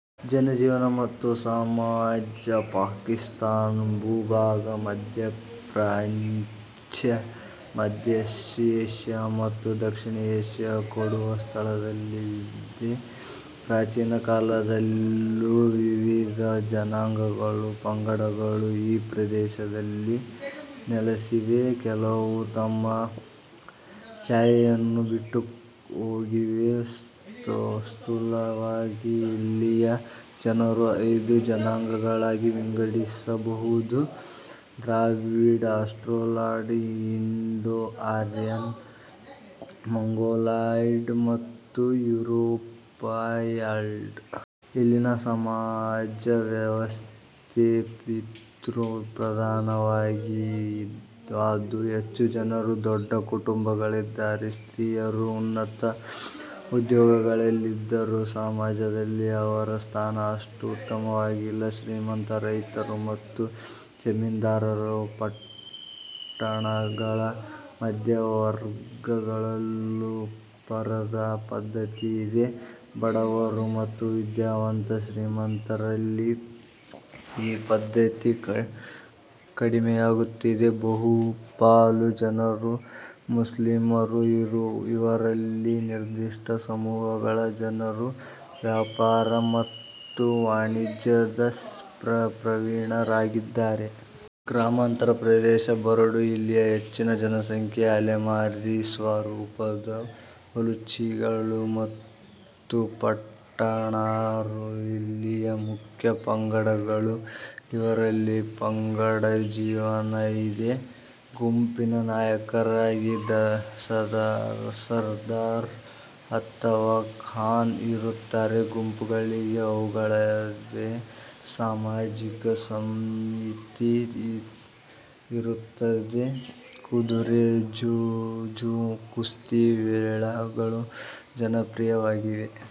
ಜನಜೀವನ ಮತ್ತು ಸಮಾಜ ಪಾಕಿಸ್ತಾನ ಭೂಭಾಗ ಮಧ್ಯಪ್ರಾಚ್ಯ. ಮಧ್ಯ ಏಷ್ಯ ಮತ್ತು ದಕ್ಷಿಣ ಏಷ್ಯಗಳು ಕೂಡುವ ಸ್ಥಳದಲ್ಲಿದೆ. ಪ್ರಾಚೀನ ಕಾಲದಿಂದಲೂ ವಿವಿಧ ಜನಾಂಗಗಳೂ ಪಂಗಡಗಳೂ ಈ ಪ್ರದೇಶದಲ್ಲಿ ನೆಲಸಿವೆ. ಕೆಲವು ತಮ್ಮ ಛಾಯೆಯನ್ನು ಬಿಟ್ಟುಹೋಗಿವೆ. ಸ್ಥೂಲವಾಗಿ ಇಲ್ಲಿಯ ಜನರನ್ನು ಐದು ಜನಾಂಗಗಳಾಗಿ ವಿಂಗಡಿಸಬಹುದು; ದ್ರಾವಿಡ, ಆಸ್ಟ್ರೊಲಾಯ್ಡ್, ಇಂಡೊ-ಆರ್ಯನ್, ಮಂಗೊಲಾಯ್ಡ್ ಮತ್ತು ಯೂರೋಪಾಯ್ಡ್. ಇಲ್ಲಿಯ ಸಮಾಜವ್ಯವಸ್ಥೆ ಪಿತೃಪ್ರಧಾನವಾದ್ದು. ಹೆಚ್ಚು ಜನರು ದೊಡ್ಡ ಕುಟುಂಬಗಳಲ್ಲಿದ್ದಾರೆ. ಸ್ತ್ರೀಯರು ಉನ್ನತ ಉದ್ಯೋಗಗಳಲ್ಲಿದ್ದರೂ ಸಮಾಜದಲ್ಲಿ ಅವರ ಸ್ಥಾನ ಅಷ್ಟು ಉತ್ತಮವಾಗಿಲ್ಲ. ಶ್ರೀಮಂತ ರೈತರು ಮತ್ತು ಜಮೀದ್ಧಾರರಲ್ಲೂ ಪಟ್ಟಣಗಳ ಮಧ್ಯಮವರ್ಗಗಳಲ್ಲೂ ಪರದಾ ಪದ್ಧತಿ ಇದೆ. ಬಡವರು ಮತ್ತು ವಿದ್ಯಾವಂತ ಶ್ರೀಮಂತರಲ್ಲಿ ಈ ಪದ್ಧತಿ ಕಡಿಮೆಯಾಗುತ್ತಿದೆ. ಬಹುಪಾಲು ಜನರು ಮುಸ್ಲಿಮರು, ಇವರಲ್ಲಿ ನಿರ್ದಿಷ್ಟ ಸಮೂಹಗಳ ಜನರು ವ್ಯಾಪಾರ ಮತ್ತು ವಾಣಿಜ್ಯದಲ್ಲಿ ಪ್ರವೀಣರಾಗಿದ್ದಾರೆ. ಗ್ರಾಮಾಂತರ ಪ್ರದೇಶ ಬರಡು. ಇಲ್ಲಿಯ ಹೆಚ್ಚಿನ ಜನಸಂಖ್ಯೆ ಅಲೆಮಾರಿ ಸ್ವರೂಪದ್ದು. ಬಲೂಚಿಗಳು ಮತ್ತು ಪಠಾಣರು ಇಲ್ಲಿಯ ಮುಖ್ಯ ಪಂಗಡಗಳು. ಇವರಲ್ಲಿ ಪಂಗಡಜೀವನ ಇದೆ. ಗುಂಪಿನ ನಾಯಕರಾಗಿ ಸರ್ದಾರ್ ಅಥವಾ ಖಾನ್ ಇರುತ್ತಾನೆ. ಗುಂಪುಗಳಿಗೆ ಅವುಗಳದೇ ಸಾಮಾಜಿಕ ಸಂಹಿತೆ ಇರುತ್ತದೆ. ಕುದುರೆ ಜೂಜು, ಕುಸ್ತಿ, ಮೇಳಗಳು ಜನಪ್ರಿಯವಾಗಿವೆ.